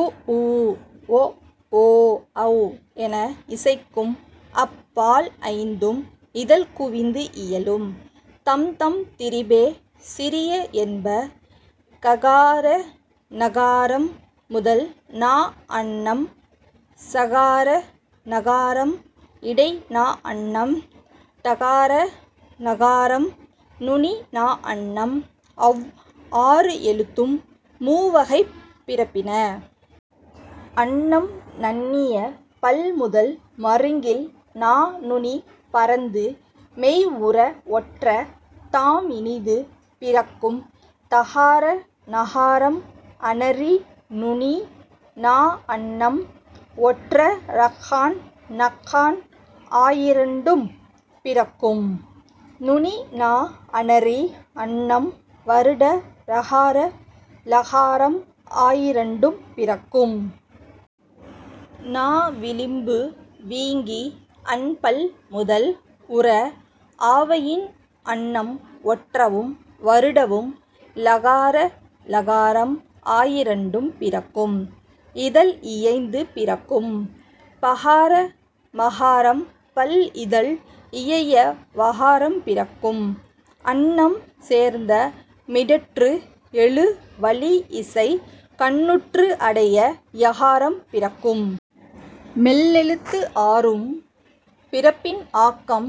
உ ஊ ஒ ஓ ஔ என இசைக்கும் அப் பால் ஐந்தும் இதழ் குவிந்து இயலும். தம்தம் திரிபே சிறிய என்ப. ககார ஙகாரம் முதல் நா அண்ணம். சகார ஞகாரம் இடை நா அண்ணம். டகார ணகாரம் நுனி நா அண்ணம். அவ் ஆறு எழுத்தும் மூ வகைப் பிறப்பின. அண்ணம் நண்ணிய பல் முதல் மருங்கில் நா நுனி பரந்து மெய் உற ஒற்ற தாம் இனிது பிறக்கும் தகார நகாரம். அணரி நுனி நா அண்ணம் ஒற்ற றஃகான் னஃகான் ஆயிரண்டும் பிறக்கும். நுனி நா அணரி அண்ணம் வருட ரகார ழகாரம் ஆயிரண்டும் பிறக்கும். நா விளிம்பு வீங்கி அண்பல் முதல் உற ஆவயின் அண்ணம் ஒற்றவும் வருடவும் லகார ளகாரம் ஆயிரண்டும் பிறக்கும். இதழ் இயைந்து பிறக்கும் பகார மகாரம். பல் இதழ் இயைய வகாரம் பிறக்கும். அண்ணம் சேர்ந்த மிடற்று எழு வளி இசை கண்ணுற்று அடைய யகாரம் பிறக்கும். மெல்லெழுத்து ஆறும் பிறப்பின் ஆக்கம்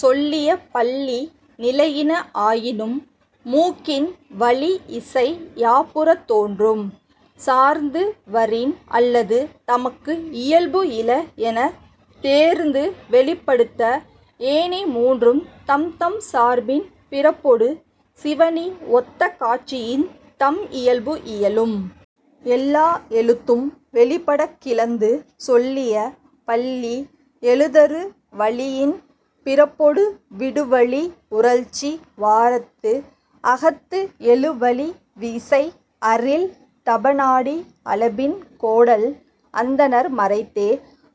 சொல்லிய பள்ளி நிலையின ஆயினும் மூக்கின் வளி இசை யாப்புறத் தோன்றும். சார்ந்து வரின் அல்லது தமக்கு இயல்பு இல எனத் தேர்ந்து வெளிப்படுத்த ஏனை மூன்றும் தம்தம் சார்பின் பிறப்பொடு சிவணி ஒத்த காட்சியின் தம் இயல்பு இயலும். எல்லா எழுத்தும் வெளிப்படக் கிளந்து சொல்லிய பள்ளி எழுதரு வளியின் பிறப்பொடு விடுவழி உறழ்ச்சி வாரத்து அகத்து எழு வளி இசை அரில் தப நாடி அளபின் கோடல் அந்தணர் மறைத்தே.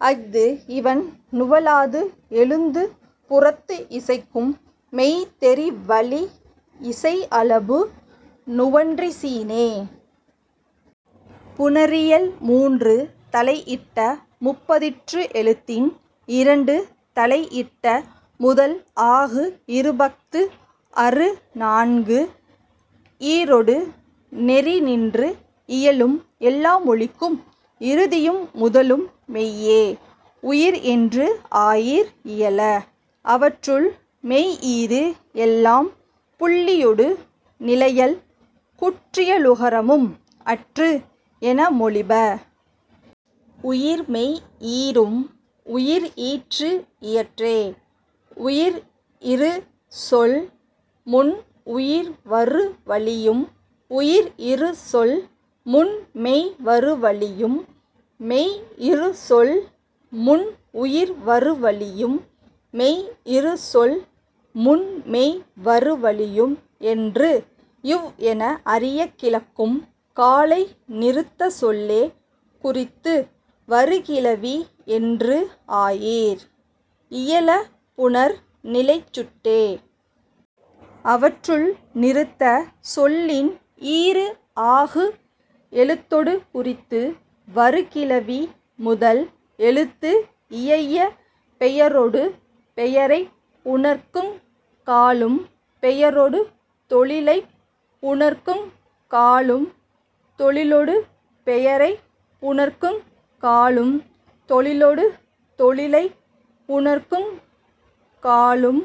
அஃது இவண் நுவலாது எழுந்து புறத்து இசைக்கும் மெய் தெரி வளி இசை அளபு நுவன்றிசினே.. புணரியல் மூன்று தலை இட்ட முப்பதிற்று எழுத்தின் இரண்டு தலை இட்ட முதல் ஆகு இருபஃது அறு நான்கு ஈறொடு நெறி நின்று இயலும் எல்லா மொழிக்கும் இறுதியும் முதலும் மெய்யே உயிர் என்று ஆயீர் இயல. அவற்றுள், மெய் ஈறு எல்லாம் புள்ளியொடு-நிலையல். குற்றியலுகரமும் அற்று என மொழிப. உயிர்மெய் ஈறும் உயிர் ஈற்று இயற்றே. உயிர் இறு சொல் முன் உயிர் வரு வழியும் உயிர் இறு சொல் முன் மெய் வரு வழியும் மெய் இறு சொல் முன் உயிர் வரு வழியும் மெய் இறு சொல் முன் மெய் வரு வழியும் என்று இவ் என அறியக் கிளக்கும் காலை நிறுத்த சொல்லே குறித்து வரு கிளவி என்று ஆயீர் இயல புணர் நிலைச் சுட்டே. அவற்றுள், நிறுத்த சொல்லின் ஈறு ஆகு எழுத்தொடு குறித்து வரு கிளவி முதல் எழுத்து இயைய பெயரொடு பெயரைப் புணர்க்குங் காலும் பெயரொடு தொழிலைப் புணர்க்குங் காலும் தொழிலொடு பெயரைப் புணர்க்குங் காலும் தொழிலொடு தொழிலைப் புணர்க்குங் காலும்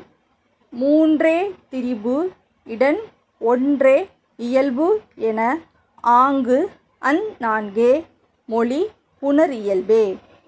மூன்றே திரிபு இடன் ஒன்றே இயல்பு என ஆங்கு அந் நான்கே மொழி புணர் இயல்பே.